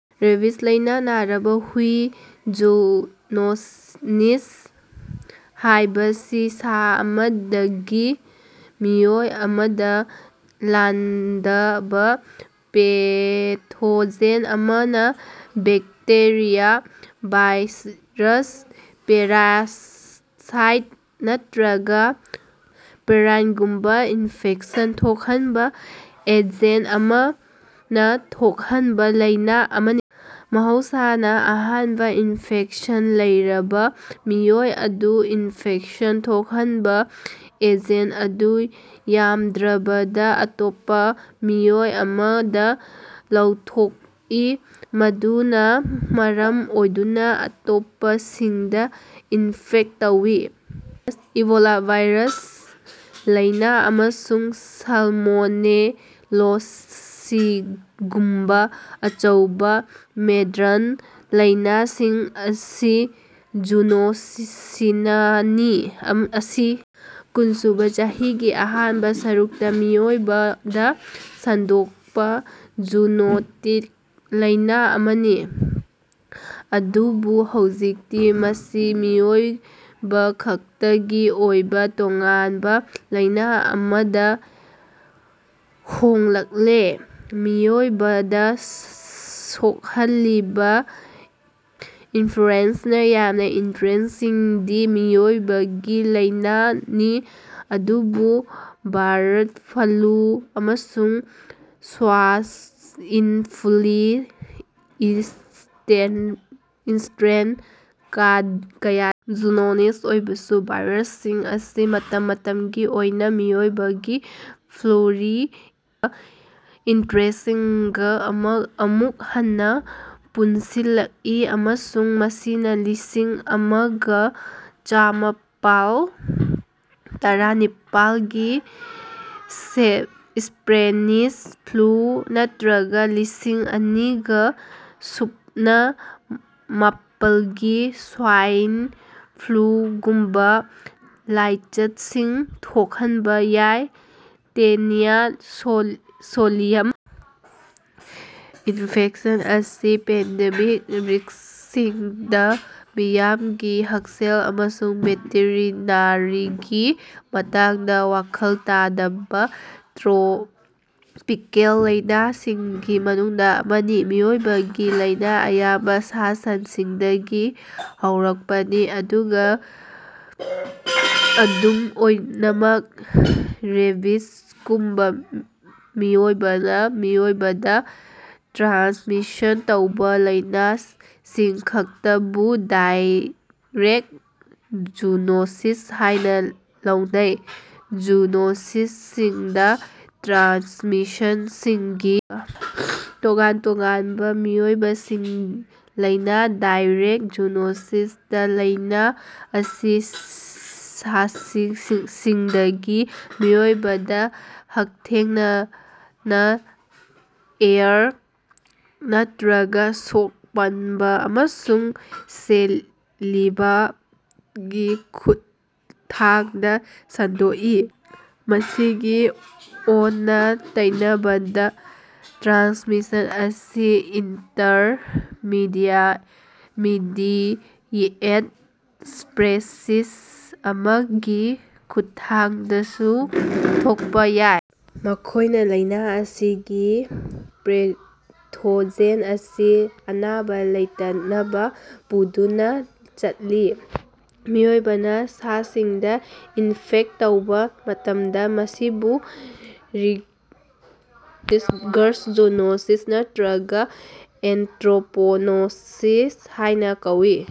Rabies ꯂꯩꯅꯥ ꯅꯥꯔꯤꯕ ꯍꯨꯢ ꯖꯨꯅꯣꯁꯤꯁ (ꯄ꯭ꯂꯨꯔꯦꯜ ꯖꯨꯅꯣꯁꯤꯁ, ꯅꯠꯇ꯭ꯔꯒ ꯖꯨꯅꯣꯇꯤꯛ ꯂꯩꯅꯥꯁꯤꯡ) ꯍꯥꯏꯕꯁꯤ ꯁꯥ ꯑꯃꯗꯒꯤ (ꯃꯍꯧꯁꯥꯅ ꯚꯦꯔꯇꯦꯕ꯭ꯔꯦꯠ ꯑꯃ) ꯃꯤꯑꯣꯏ ꯑꯃꯗ ꯂꯥꯟꯗꯥꯕ ꯄꯦꯊꯣꯖꯦꯟ ꯑꯃꯅ ꯕꯦꯛꯇꯦꯔꯤꯌꯥ, ꯚꯥꯏꯔꯁ, ꯄꯦꯔꯥꯁꯥꯏꯠ ꯅꯠꯇ꯭ꯔꯒ ꯄ꯭ꯔꯥꯏꯑꯣꯟꯒꯨꯝꯕꯥ ꯏꯟꯐꯦꯛꯁꯟ ꯊꯣꯛꯍꯟꯕ ꯑꯦꯖꯦꯟ ꯑꯃꯅ ꯊꯣꯛꯍꯟꯕ ꯂꯩꯅꯥ ꯑꯃꯅꯤ꯫ ꯃꯍꯧꯁꯥꯅꯥ, ꯑꯍꯥꯟꯕ ꯏꯟꯐꯦꯛꯁꯟ ꯂꯩꯔꯕ ꯃꯤꯑꯣꯏ ꯑꯗꯨꯅ ꯏꯟꯐꯦꯛꯁꯟ ꯊꯣꯛꯍꯟꯕ ꯑꯦꯖꯦꯟ ꯑꯗꯨ ꯌꯥꯝꯗ꯭ꯔꯕꯗ ꯑꯇꯣꯞꯄꯥ ꯃꯤꯑꯣꯏ ꯑꯃꯗ ꯂꯧꯊꯣꯛꯏ, ꯃꯗꯨꯅ ꯥ ꯃꯔꯝ ꯑꯣꯏꯗꯨꯅ ꯑꯇꯣꯞꯄꯁꯤꯡꯗ ꯏꯟꯐꯦꯛ ꯇꯧꯏ꯫ ꯏꯕꯣꯂꯥ ꯚꯥꯏꯔꯁ ꯂꯩꯅꯥ ꯑꯃꯁꯨꯡ ꯁꯥꯜꯃꯣꯅꯦꯂꯣꯁꯤꯁꯒꯨꯝꯕ ꯑꯆꯧꯕꯥ ꯃꯣꯗ꯭ꯔꯟ ꯂꯩꯅꯥꯁꯤꯡ ꯑꯁꯤ ꯖꯨꯅꯣꯁꯤꯁꯅꯤ꯫ ꯑꯁꯤ ꯀꯨꯟꯁꯨꯕꯥ ꯆꯍꯤꯆꯥꯒꯤ ꯑꯍꯥꯟꯕ ꯁꯔꯨꯛꯇꯥ ꯃꯤꯑꯣꯏꯕꯗ ꯁꯟꯗꯣꯛꯄ ꯖꯨꯅꯣꯇꯤꯛ ꯂꯩꯅꯥ ꯑꯃꯅꯤ, ꯑꯗꯨꯕꯨ ꯍꯧꯖꯤꯛꯇꯤ ꯃꯁꯤ ꯃꯤꯑꯣꯏꯕꯈꯛꯇꯒꯤ ꯑꯣꯏꯕ ꯇꯣꯉꯥꯟꯕ ꯂꯩꯅꯥ ꯑꯃꯗ ꯍꯣꯡꯂꯛꯂꯦ꯫ ꯃꯤꯑꯣꯏꯕꯗ ꯁꯣꯛꯍꯜꯂꯤꯕ ꯏꯟꯐ꯭ꯂꯨꯑꯦꯟꯖꯥꯒꯤ ꯑꯌꯥꯝꯕ ꯏꯁꯇ꯭ꯔꯦꯟꯁꯤꯡꯗꯤ ꯃꯤꯑꯣꯏꯕꯒꯤ ꯂꯩꯅꯥꯅꯤ, ꯑꯗꯨꯕꯨ ꯕꯥꯔꯠ ꯐ꯭ꯂꯨ ꯑꯃꯁꯨꯡ ꯁ꯭ꯋꯥꯏꯟ ꯐ꯭ꯂꯨꯒꯤ ꯏꯁꯇ꯭ꯔꯦꯟ ꯀꯌꯥꯗꯤ ꯖꯨꯅꯣꯁꯤꯁ ꯑꯣꯏꯔꯕꯁꯨ ꯚꯥꯏꯔꯁꯁꯤꯡ ꯑꯁꯤ ꯃꯇꯝ ꯃꯇꯝꯒꯤ ꯑꯣꯏꯅ ꯃꯤꯑꯣꯏꯕꯒꯤ ꯐ꯭ꯂꯨꯒꯤ ꯏꯁꯇ꯭ꯔꯦꯟꯁꯤꯡꯒ ꯑꯃꯨꯛ ꯍꯟꯅꯥ ꯄꯨꯟꯁꯤꯜꯂꯛꯏ ꯑꯃꯁꯨꯡ ꯃꯁꯤꯅꯥ ꯂꯤꯁꯤꯡ ꯑꯃꯒꯥ ꯆꯃꯥꯄꯜ ꯇꯔꯥꯅꯤꯄꯥꯜꯒꯤ ꯁ꯭ꯄꯦꯅꯤꯁ ꯐ꯭ꯂꯨ ꯅꯠꯇ꯭ꯔꯒ ꯂꯤꯁꯤꯡ ꯑꯅꯤꯒꯥ ꯁꯨꯞꯅꯥ ꯃꯥꯄꯜꯒꯤ ꯁ꯭ꯋꯥꯏꯟ ꯐ꯭ꯂꯨꯒꯨꯝꯕꯥ ꯂꯥꯏꯆꯠꯁꯤꯡ ꯊꯣꯛꯍꯟꯕ ꯌꯥꯏ꯫ ꯇꯦꯅꯤꯌꯥ ꯁꯣꯂꯤꯌꯝ ꯏꯟꯐꯦꯛꯁꯟ ꯑꯁꯤ ꯄꯦꯟꯗꯦꯃꯤꯛ ꯔꯤꯛꯁꯁꯤꯡꯗꯥ ꯃꯤꯌꯥꯝꯒꯤ ꯍꯛꯁꯦꯜ ꯑꯃꯁꯨꯡ ꯚꯦꯇꯦꯔꯤꯅꯥꯔꯤꯒꯤ ꯃꯇꯥꯡꯗ ꯋꯥꯈꯜ ꯇꯥꯗꯕ ꯇ꯭ꯔꯣꯄꯤꯀꯦꯜ ꯂꯩꯅꯥꯁꯤꯡꯒꯤ ꯃꯅꯨꯡꯗ ꯑꯃꯅꯤ꯫ ꯃꯤꯑꯣꯏꯕꯒꯤ ꯂꯩꯅꯥ ꯑꯌꯥꯝꯕꯗꯤ ꯁꯥ-ꯁꯟꯁꯤꯡꯗꯒꯤ ꯍꯧꯔꯛꯄꯅꯤ, ꯑꯗꯨꯝ ꯑꯣꯏꯅꯃꯛ ꯔꯦꯕꯤꯖꯒꯨꯝꯕꯥ ꯃꯤꯑꯣꯏꯕꯅ ꯃꯤꯑꯣꯏꯕꯗ ꯇ꯭ꯔꯥꯟꯁꯃꯤꯁꯟ ꯇꯧꯗꯕꯥ ꯂꯩꯅꯥꯁꯤꯡꯈꯛꯇꯕꯨ ꯗꯥꯏꯔꯦꯛ ꯖꯨꯅꯣꯁꯤꯁ ꯍꯥꯏꯅ ꯂꯧꯅꯩ꯫ ꯖꯨꯅꯣꯁꯁꯤꯡꯗꯥ ꯇ꯭ꯔꯥꯟꯁꯃꯤꯁꯟꯒꯤ ꯇꯣꯉꯥꯟ-ꯇꯣꯉꯥꯟꯕ ꯃꯑꯣꯡꯁꯤꯡ ꯂꯩ꯫ ꯗꯥꯏꯔꯦꯛ ꯖꯨꯅꯣꯁꯤꯁꯇꯥ ꯂꯩꯅꯥ ꯑꯁꯤ ꯁꯥꯁꯤꯡꯗꯒꯤ ꯃꯤꯑꯣꯏꯕꯗ ꯍꯛꯊꯦꯡꯅꯅꯥ ꯑꯦꯌꯔ (ꯏꯅꯐ꯭ꯂꯨꯑꯦꯟꯖꯥ) ꯅꯠꯇ꯭ꯔꯒ ꯁꯣꯛ-ꯄꯟꯕꯥ ꯑꯃꯁꯨꯡ ꯁꯦꯂꯤꯚꯥ (ꯔꯦꯕꯤꯖ)ꯒꯤ ꯈꯨꯠꯊꯥꯡꯗ ꯁꯟꯗꯣꯛꯏ꯫ ꯃꯁꯤꯒꯤ ꯑꯣꯟꯅ-ꯇꯩꯅꯕꯗꯥ, ꯇ꯭ꯔꯥꯟꯁꯃꯤꯁꯟ ꯑꯁꯤ ꯏꯟꯇꯔꯃꯤꯗꯤꯑꯦꯠ ꯁ꯭ꯄꯦꯁꯤꯁ (ꯚꯦꯛꯇꯔ ꯑꯃ ꯍꯥꯏꯅ ꯈꯪꯅꯕ) ꯑꯃꯒꯤ ꯈꯨꯠꯊꯥꯡꯗꯁꯨ ꯊꯣꯛꯄ ꯌꯥꯏ, ꯃꯈꯣꯏꯅ ꯂꯩꯅꯥ ꯑꯁꯤꯒꯤ ꯄꯦꯊꯣꯖꯦꯟ ꯑꯁꯤ ꯑꯅꯥꯕ ꯂꯩꯇꯅꯥ ꯄꯨꯗꯨꯅꯥ ꯆꯠꯂꯤ꯫ ꯃꯤꯑꯣꯏꯕꯅ ꯁꯥꯁꯤꯡꯗ ꯏꯟꯐꯦꯛ ꯇꯧꯕ ꯃꯇꯝꯗ, ꯃꯁꯤꯕꯨ ꯔꯤꯚꯔꯁ ꯖꯨꯅꯣꯁꯤꯁ ꯅꯠꯇ꯭ꯔꯒ ꯑꯦꯟꯊ꯭ꯔꯣꯄꯣꯅꯣꯁꯤꯁ ꯍꯥꯏꯅ ꯀꯧꯏ꯫